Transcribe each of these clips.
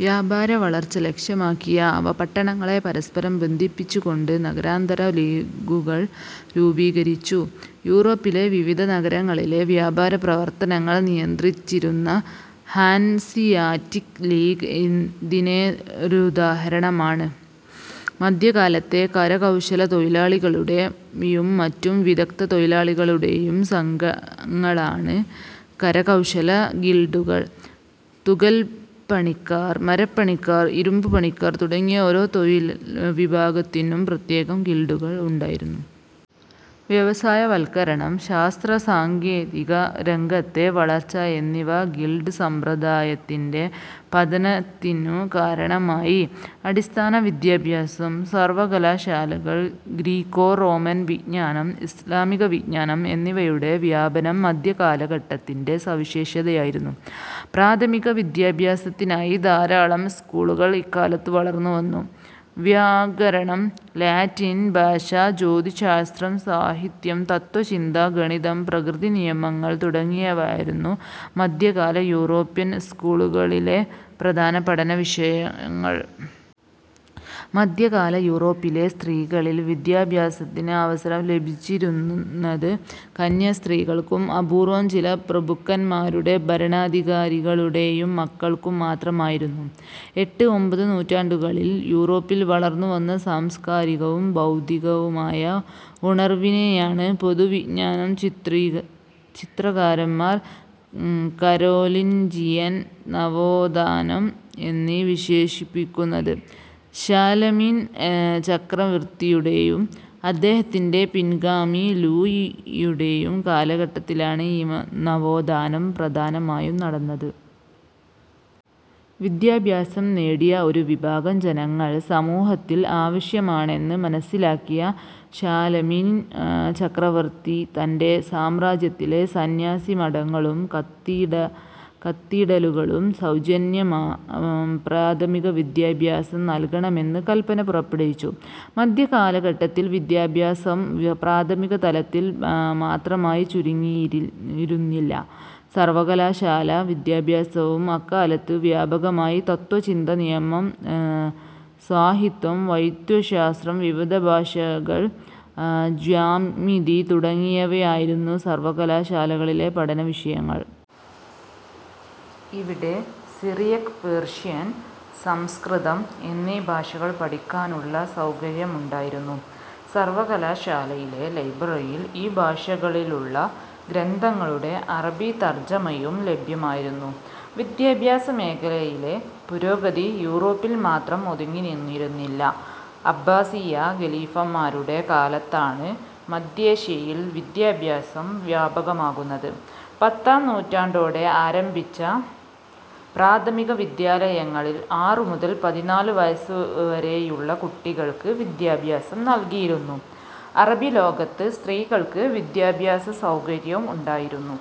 വ്യാപാര വളർച്ച ലക്ഷ്യമാക്കിയ അവ പട്ടണങ്ങളെ പരസ്പരം ബന്ധിപ്പിച്ചുകൊണ്ട് നഗരാന്തര ലീഗുകൾ രൂപീകരിച്ചു. യൂറോപ്പിലെ വിവിധ നഗരങ്ങളിലെ വ്യാപാരപ്രവർത്തനങ്ങൾ നിയന്ത്രിച്ചിരുന്ന ഹാൻസിയാറ്റിക് ലീഗ് ഇതിനൊരുദാഹരണമാണ്. മധ്യകാലത്തെ കരകൗശലത്തൊഴിലാളികളുടെയും മറ്റു വിദഗ്ധതൊഴിലാളികളുടെയും സംഘങ്ങളാണ് കരകൗശല ഗിൽഡുകൾ. തുകൽപ്പണിക്കാർ, മരപ്പണിക്കാർ, ഇരുമ്പുപണിക്കാർ തുടങ്ങി ഓരോ തൊഴിൽ വിഭാഗത്തിനും പ്രത്യേകം ഗിൽഡുകൾ ഉണ്ടായിരുന്നു. വ്യവസായവൽക്കരണം, ശാസ്ത്ര-സാങ്കേതികരംഗത്തെ വളർച്ച എന്നിവ ഗിൽഡ് സമ്പ്രദായത്തിന്റെ പതനത്തിനു കാരണമായി. അടിസ്ഥാന വിദ്യാഭ്യാസം, സർവകലാശാലകൾ, ഗ്രീക്കോ-റോമൻ വിജ്ഞാനം, ഇസ്ലാമികവിജ്ഞാനം എന്നിവയുടെ വ്യാപനം മധ്യകാലഘട്ടത്തിന്റെ സവിശേഷതയായിരുന്നു. പ്രാഥമിക വിദ്യാഭ്യാസത്തിനായി ധാരാളം സ്കൂളുകൾ ഇക്കാലത്ത് വളർന്നുവന്നു. വ്യാകരണം, ലാറ്റിൻ ഭാഷ, ജ്യോതിശ്ശാസ്ത്രം, സാഹിത്യം, തത്ത്വചിന്ത, ഗണിതം, പ്രകൃതിനിയമങ്ങൾ തുടങ്ങിയവയായിരുന്നു മധ്യകാല യൂറോപ്യൻ സ്കൂളുകളിലെ പ്രധാന പഠനവിഷയങ്ങൾ. മധ്യകാല യൂറോപ്പിലെ സ്ത്രീകളിൽ വിദ്യാഭ്യാസത്തിന് അവസരം ലഭിച്ചിരുന്നത് കന്യാസ്ത്രീകൾക്കും അപൂർവം ചില പ്രഭുക്കന്മാരുടെയും ഭരണാധികാരികളുടെയും മക്കൾക്കും മാത്രമായിരുന്നു. എട്ട്, ഒമ്പത് നൂറ്റാണ്ടുകളിൽ യൂറോപ്പിൽ വളർന്നു വന്ന സാംസ്കാരികവും ബൗദ്ധികവുമായ ഉണർവിനെയാണ് പൊതുവിക്ഞ്ജനം ചരിത്രകാരന്മാർ കരോലിൻജിയൻ നവോത്ഥാനം' എന്ന് വിശേഷിപ്പിക്കുന്നത്. ഷാലമീൻ ചക്രവർത്തിയുടെയും അദ്ദേഹത്തിന്റെ പിൻഗാമി ലൂയിയുടെയും കാലഘട്ടത്തിലാണ് ഈ നവോത്ഥാനം പ്രധാനമായും നടന്നത്. വിദ്യാഭ്യാസം നേടിയ ഒരു വിഭാഗം ജനങ്ങൾ സമൂഹത്തിൽ ആവശ്യമാണെന്ന് മനസിലാക്കിയ ഷാലമീൻ ചക്രവർത്തി തന്റെ സാമ്രാജ്യത്തിലെ സന്യാസി മഠങ്ങളും കത്തീഡലുകളും സൗജന്യ പ്രാഥമിക വിദ്യാഭ്യാസം നൽകണമെന്ന് കല്പന പുറപ്പെടുവിച്ചു. മധ്യകാലഘട്ടത്തിൽ വിദ്യാഭ്യാസം പ്രാഥമിക തലത്തിൽ മാത്രമായി ചുരുങ്ങിയിരുന്നില്ല. സർവകലാശാലാ വിദ്യാഭ്യാസവും അക്കാലത്ത് വ്യാപകമായി. തത്വചിന്ത, നിയമം, സാഹിത്യം, വൈദ്യശാസ്ത്രം, വിവിധ ഭാഷകൾ, ജ്യാമിതി തുടങ്ങിയവയായിരുന്നു സർവകലാശാലകളിലെ പഠന വിഷയങ്ങൾ. ഇവിടെ ഗ്രീക്ക്, സിറിയക്, പേർഷ്യൻ, സംസ്കൃതം എന്നീ ഭാഷകൾ പഠിക്കാനുള്ള സൗകര്യമുണ്ടായിരുന്നു. സർവകലാശാലയിലെ ലൈബ്രറിയിൽ ഈ ഭാഷകളിലുള്ള ഗ്രന്ഥങ്ങളുടെ അറബി തർജമയും ലഭ്യമായിരുന്നു. വിദ്യാഭ്യാസ മേഖലയിലെ പുരോഗതി യൂറോപ്പിൽ മാത്രം ഒതുങ്ങി നിന്നിരുന്നില്ല. അബ്ബാസിയാ ഖലീഫമാരുടെ കാലത്താണ് മധ്യേഷ്യയിൽ വിദ്യാഭ്യാസം വ്യാപകമാകുന്നത്. പത്താം നൂറ്റാണ്ടോടെ ആരംഭിച്ച പ്രാഥമിക വിദ്യാലയങ്ങളിൽ ആറുമുതൽ പതിനാലു വയസ്സുവരെയുള്ള കുട്ടികൾക്ക് വിദ്യാഭ്യാസം നൽകിയിരുന്നു അറബി ലോകത്ത് സ്ത്രീകൾക്ക് വിദ്യാഭ്യാസസൗകര്യം ഉണ്ടായിരുന്നു.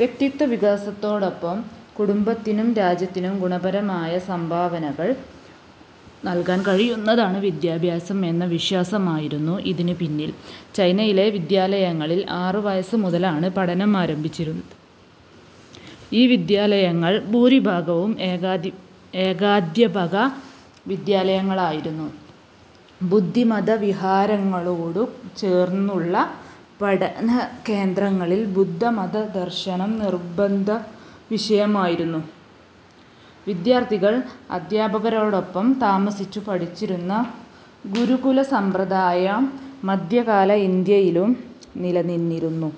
വ്യക്തിത്വ വികാസത്തോടൊപ്പം കുടുംബത്തിനും രാജ്യത്തിനും ഗുണപരമായ സംഭാവനകൾ നൽകാൻ കഴിയുന്നതാണ് വിദ്യാഭ്യാസം എന്ന വിശ്വാസമായിരുന്നു ഇതിനു പിന്നിൽ. ചൈനയിലെ വിദ്യാലയങ്ങളിൽ ആറുവയസ്സുമുതലാണ് പഠനം ആരംഭിച്ചിരുന്നത്. ഈ വിദ്യാലയങ്ങൾ ഭൂരിഭാഗവും ഏകാധ്യാപക വിദ്യാലയങ്ങളായിരുന്നു. ബുദ്ധമതവിഹാരങ്ങളോടു ചേർന്നുള്ള പഠനകേന്ദ്രങ്ങളിൽ ബുദ്ധമത ദർശനം നിർബന്ധവിഷയമായിരുന്നു. വിദ്യാർഥികൾ അധ്യാപകരോടൊപ്പം താമസിച്ചു പഠിച്ചിരുന്ന ഗുരുകുലസമ്പ്രദായം മധ്യകാല ഇന്ത്യയിലും നിലനിന്നിരുന്നു.